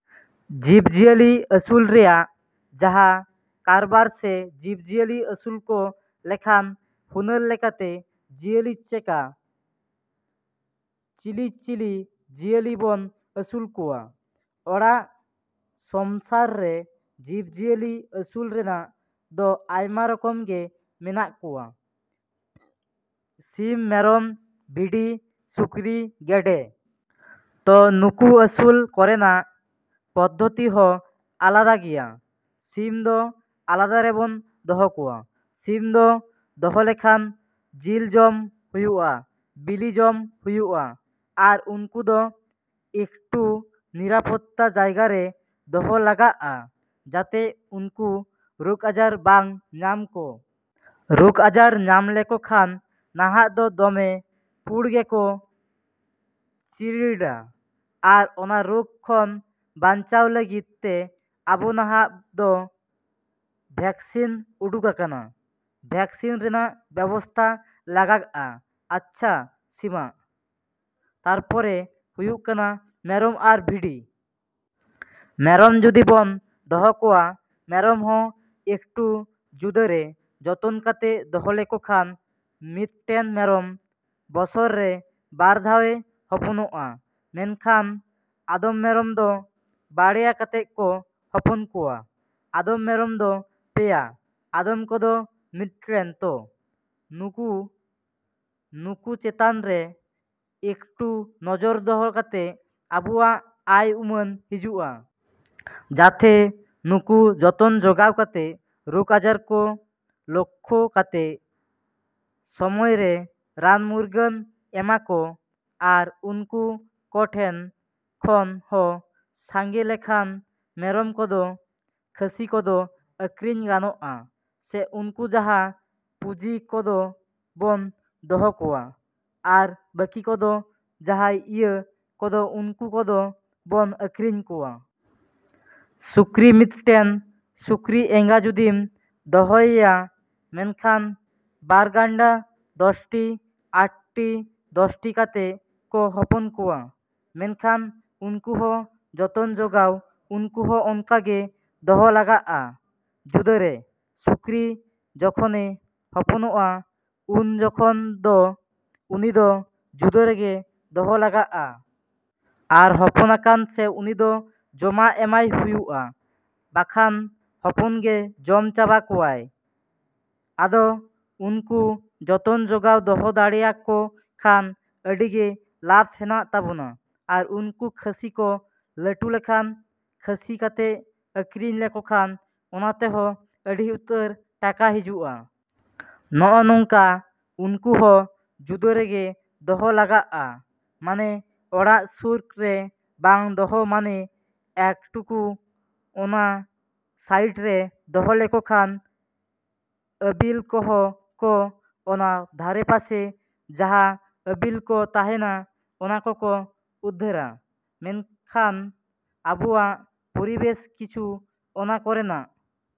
ᱡᱤᱵᱽ ᱡᱤᱭᱟᱹᱞᱤ ᱟᱹᱥᱩᱞ ᱨᱮᱭᱟᱜ ᱡᱟᱦᱟᱸ ᱠᱟᱨᱵᱟᱨ ᱥᱮ ᱡᱤᱵᱽ ᱡᱤᱭᱟᱹᱞᱤ ᱟᱹᱥᱩᱞ ᱠᱚ ᱞᱮᱠᱷᱟᱱ ᱦᱩᱱᱟᱹᱨ ᱞᱮᱠᱟᱛᱮ ᱡᱤᱭᱟᱹᱞᱤ ᱪᱮᱠᱟ, ᱪᱤᱞᱤᱼᱪᱤᱞᱤ ᱡᱤᱭᱟᱹᱞᱤ ᱵᱚᱱ ᱟᱹᱥᱩᱞ ᱠᱚᱣᱟ? ᱚᱲᱟᱜ ᱥᱚᱢᱥᱟᱨ ᱨᱮ ᱡᱤᱵᱽᱼᱡᱤᱭᱟᱹᱞᱤ ᱟᱹᱥᱩᱞ ᱨᱮᱱᱟᱜ ᱫᱚ ᱟᱭᱢᱟ ᱨᱚᱠᱚᱢ ᱜᱮ ᱢᱮᱱᱟᱜ ᱠᱚᱣᱟ: ᱥᱤᱢ, ᱢᱮᱨᱚᱢ, ᱵᱷᱤᱰᱤ, ᱥᱩᱠᱨᱤ, ᱜᱮᱰᱮ᱾ ᱛᱚ ᱱᱩᱠᱩ ᱟᱹᱥᱩᱞ ᱠᱚᱨᱮᱱᱟᱜ ᱯᱚᱫᱽᱫᱷᱚᱛᱤ ᱦᱚᱸ ᱟᱞᱟᱫᱟ ᱜᱮᱭᱟ᱾ ᱥᱤᱢ ᱫᱚ ᱟᱞᱟᱫᱟ ᱨᱮᱵᱚᱱ ᱫᱚᱦᱚ ᱠᱚᱣᱟ᱾ ᱥᱤᱢ ᱫᱚ ᱫᱚᱦᱚ ᱞᱮᱠᱷᱟᱱ ᱡᱤᱞ ᱡᱚᱢ ᱦᱩᱭᱩᱜᱼᱟ, ᱵᱤᱞᱤ ᱡᱚᱢ ᱦᱩᱭᱩᱜᱼᱟ᱾ ᱟᱨ ᱩᱱᱠᱩ ᱫᱚ ᱮᱠᱴᱩ ᱱᱤᱨᱟᱯᱚᱛᱛᱟ ᱡᱟᱭᱜᱟ ᱨᱮ ᱫᱚᱦᱚ ᱞᱟᱜᱟᱜᱼᱟ, ᱡᱟᱛᱮ ᱩᱱᱠᱩ ᱨᱳᱜᱽ ᱟᱡᱟᱨ ᱵᱟᱝ ᱧᱟᱢ ᱠᱚ᱾ ᱨᱳᱜᱽ ᱟᱡᱟᱨ ᱧᱟᱢ ᱞᱮᱠᱚ ᱠᱷᱟᱱ ᱱᱟᱦᱟᱜ ᱫᱚ ᱫᱚᱢᱮ ᱯᱩᱬ ᱜᱮᱠᱚ ᱪᱤᱨᱤᱲᱟ᱾ ᱟᱨ ᱚᱱᱟ ᱨᱳᱜᱽ ᱠᱷᱚᱱ ᱵᱟᱧᱪᱟᱣ ᱞᱟᱹᱜᱤᱫ ᱛᱮ ᱟᱵᱚ ᱱᱟᱦᱟᱜ ᱫᱚ ᱵᱷᱮᱠᱥᱤᱱ ᱩᱰᱩᱠ ᱟᱠᱟᱱᱟ, ᱵᱷᱮᱠᱥᱤᱱ ᱨᱮᱱᱟᱜ ᱵᱮᱵᱚᱥᱛᱟ ᱞᱟᱜᱟᱜᱼᱟ᱾ ᱟᱪᱪᱷᱟ, ᱥᱤᱢᱟᱜ, ᱛᱟᱨᱯᱚᱨᱮ ᱦᱩᱭᱩᱜ ᱠᱟᱱᱟ ᱢᱮᱨᱚᱢ ᱟᱨ ᱵᱷᱤᱰᱤ᱾ ᱢᱮᱨᱚᱢ ᱡᱩᱫᱤ ᱵᱚᱱ ᱫᱚᱦᱚ ᱠᱚᱣᱟ, ᱢᱮᱨᱚᱢ ᱦᱚᱸ ᱮᱠᱴᱩ ᱡᱩᱫᱟᱹᱨᱮ ᱡᱚᱛᱚᱱ ᱠᱟᱛᱮ ᱫᱚᱦᱚ ᱞᱮᱠᱚ ᱠᱷᱟᱱ ᱢᱤᱫᱴᱮᱱ ᱢᱮᱨᱚᱢ ᱵᱚᱥᱚᱨ ᱨᱮ ᱵᱟᱨ ᱫᱷᱟᱣᱮ ᱦᱚᱯᱚᱱᱚᱜᱼᱟ᱾ ᱢᱮᱱᱠᱷᱟᱱ ᱟᱫᱚᱢ ᱢᱮᱨᱚᱢ ᱫᱚ ᱵᱟᱨᱭᱟ ᱠᱟᱛᱮ ᱠᱚ ᱦᱚᱯᱚᱱ ᱠᱚᱣᱟ, ᱟᱫᱚᱢ ᱢᱮᱨᱚᱢ ᱫᱚ ᱯᱮᱭᱟ, ᱟᱫᱚᱢ ᱠᱚᱫᱚ ᱢᱤᱫᱴᱮᱱ ᱛᱚ, ᱱᱩᱜᱼᱩ ᱱᱩᱠᱩ ᱪᱮᱛᱟᱱ ᱨᱮ ᱮᱠᱴᱩ ᱱᱚᱡᱚᱨ ᱫᱚᱦᱚ ᱠᱟᱛᱮ ᱟᱵᱚᱣᱟᱜ ᱟᱭ ᱩᱢᱟᱹᱱ ᱦᱤᱡᱩᱜᱼᱟ᱾ ᱡᱟᱛᱷᱮ ᱱᱩᱠᱩ ᱡᱚᱛᱚᱱ ᱡᱚᱜᱟᱣ ᱠᱟᱛᱮ ᱨᱳᱜᱽ ᱟᱡᱟᱨ ᱠᱚ ᱞᱳᱠᱠᱷᱳ ᱠᱟᱛᱮ ᱥᱚᱢᱚᱭ ᱨᱮ ᱨᱟᱱᱼᱢᱩᱨᱜᱟᱹᱱ ᱮᱢᱟᱠᱚ ᱟᱨ ᱩᱱᱠᱩ ᱠᱚ ᱴᱷᱮᱱ ᱠᱷᱚᱱ ᱦᱚᱸ ᱥᱟᱸᱜᱮ ᱞᱮᱱᱠᱷᱟᱱ ᱢᱮᱨᱚᱢ ᱠᱚᱫᱚ ᱠᱷᱟᱹᱥᱤ ᱠᱚᱫᱚ ᱟᱹᱠᱷᱨᱤᱧ ᱜᱟᱱᱚᱜᱼᱟ᱾ ᱥᱮ ᱩᱱᱠᱩ ᱡᱟᱦᱟᱸᱭ ᱯᱩᱸᱡᱤ ᱠᱚᱫᱚ ᱵᱚᱱ ᱫᱚᱦᱚ ᱠᱚᱣᱟ ᱟᱨ ᱵᱟᱹᱠᱤ ᱠᱚᱫᱚ ᱡᱟᱦᱟᱸᱭ ᱤᱭᱟᱹ ᱠᱚᱫᱚ ᱩᱱᱠᱩ ᱠᱚᱫᱚ ᱵᱚᱱ ᱟᱹᱠᱷᱨᱤᱧ ᱠᱚᱣᱟ᱾ ᱥᱩᱠᱨᱤ ᱢᱤᱫᱴᱮᱱ ᱥᱩᱠᱨᱤ ᱮᱸᱜᱟ ᱡᱩᱫᱤᱢ ᱫᱚᱦᱚᱭᱮᱭᱟ ᱢᱮᱱᱠᱷᱟᱱ ᱵᱟᱨ ᱜᱟᱱᱰᱟ, ᱫᱚᱥ ᱴᱤ, ᱟᱴ ᱴᱤ, ᱫᱚᱥ ᱴᱤ ᱠᱟᱛᱮ ᱠᱚ ᱦᱚᱯᱚᱱ ᱠᱚᱣᱟ᱾ ᱢᱮᱱᱠᱷᱟᱱ ᱩᱱᱠᱩ ᱦᱚᱸ ᱡᱚᱛᱚᱱ ᱡᱚᱜᱟᱣ ᱩᱱᱠᱩ ᱦᱚᱸ ᱚᱱᱠᱟ ᱜᱮ ᱫᱚᱦᱚ ᱞᱟᱜᱟᱜᱼᱟ ᱡᱩᱫᱟᱹᱨᱮ᱾ ᱥᱩᱠᱨᱤ ᱡᱚᱠᱷᱚᱱᱮ ᱦᱚᱯᱚᱱᱚᱜᱼᱟ ᱩᱱ ᱡᱚᱠᱷᱚᱱ ᱫᱚ ᱩᱱᱤ ᱫᱚ ᱡᱩᱫᱟᱹ ᱨᱮᱜᱮ ᱫᱚᱦᱚ ᱞᱟᱜᱟᱜᱼᱟ᱾ ᱟᱨ ᱦᱚᱯᱚᱱᱟᱠᱟᱱ ᱥᱮ ᱩᱱᱤ ᱫᱚ ᱡᱚᱢᱟᱜ ᱮᱢᱟᱭ ᱦᱩᱭᱩᱜᱼᱟ ᱵᱟᱠᱷᱟᱱ ᱦᱚᱯᱚᱱ ᱜᱮ ᱡᱚᱢ ᱪᱟᱵᱟ ᱠᱚᱣᱟᱭ᱾ ᱟᱫᱚ ᱩᱱᱠᱩ ᱡᱚᱛᱚᱱ ᱡᱚᱜᱟᱣ ᱫᱚᱦᱚ ᱫᱟᱲᱮᱭᱟᱠᱚ ᱠᱷᱟᱱ ᱟᱹᱰᱤ ᱜᱮ ᱞᱟᱵᱽ ᱦᱮᱱᱟᱜ ᱛᱟᱵᱚᱱᱟ᱾ ᱟᱨ ᱩᱱᱠᱩ ᱠᱷᱟᱹᱥᱤ ᱠᱚ ᱞᱟᱹᱴᱩ ᱞᱮᱱᱠᱷᱟᱱ ᱠᱷᱟᱹᱥᱤ ᱠᱟᱛᱮ ᱟᱹᱠᱷᱨᱤᱧ ᱞᱮᱠᱚ ᱠᱷᱟᱱ ᱚᱱᱟ ᱛᱮᱦᱚᱸ ᱟᱹᱰᱤ ᱩᱛᱟᱹᱨ ᱴᱟᱠᱟ ᱦᱤᱡᱩᱜᱼᱟ᱾ ᱱᱚᱜᱼᱚ ᱱᱚᱝᱠᱟ ᱩᱱᱠᱩ ᱦᱚᱸ ᱡᱩᱫᱟᱹ ᱨᱮᱜᱮ ᱫᱚᱦᱚ ᱞᱟᱜᱟᱜᱼᱟ᱾ ᱢᱟᱱᱮ ᱚᱲᱟᱜ ᱥᱩᱨ ᱨᱮ ᱵᱟᱝ ᱫᱚᱦᱚ ᱢᱟᱱᱮ ᱮᱠ ᱴᱩᱠᱩ ᱚᱱᱟ ᱥᱟᱭᱤᱰ ᱨᱮ ᱫᱚᱦᱚ ᱞᱮᱠᱚ ᱠᱷᱟᱱ ᱟᱹᱵᱤᱞ ᱠᱚᱦᱚᱸ ᱠᱚ ᱚᱱᱟ ᱫᱷᱟᱨᱮ ᱯᱟᱥᱮ ᱡᱟᱦᱟᱸ ᱟᱹᱵᱤᱞ ᱠᱚ ᱛᱟᱦᱮᱱᱟ ᱚᱱᱟ ᱠᱚᱠᱚ ᱩᱫᱽᱫᱷᱟᱹᱨᱟ᱾ ᱢᱮᱱᱠᱷᱟᱱ ᱟᱵᱚᱣᱟᱜ ᱯᱚᱨᱤᱵᱮᱥ ᱠᱤᱪᱷᱩ ᱚᱱᱟ ᱠᱚᱨᱮᱱᱟᱜ᱾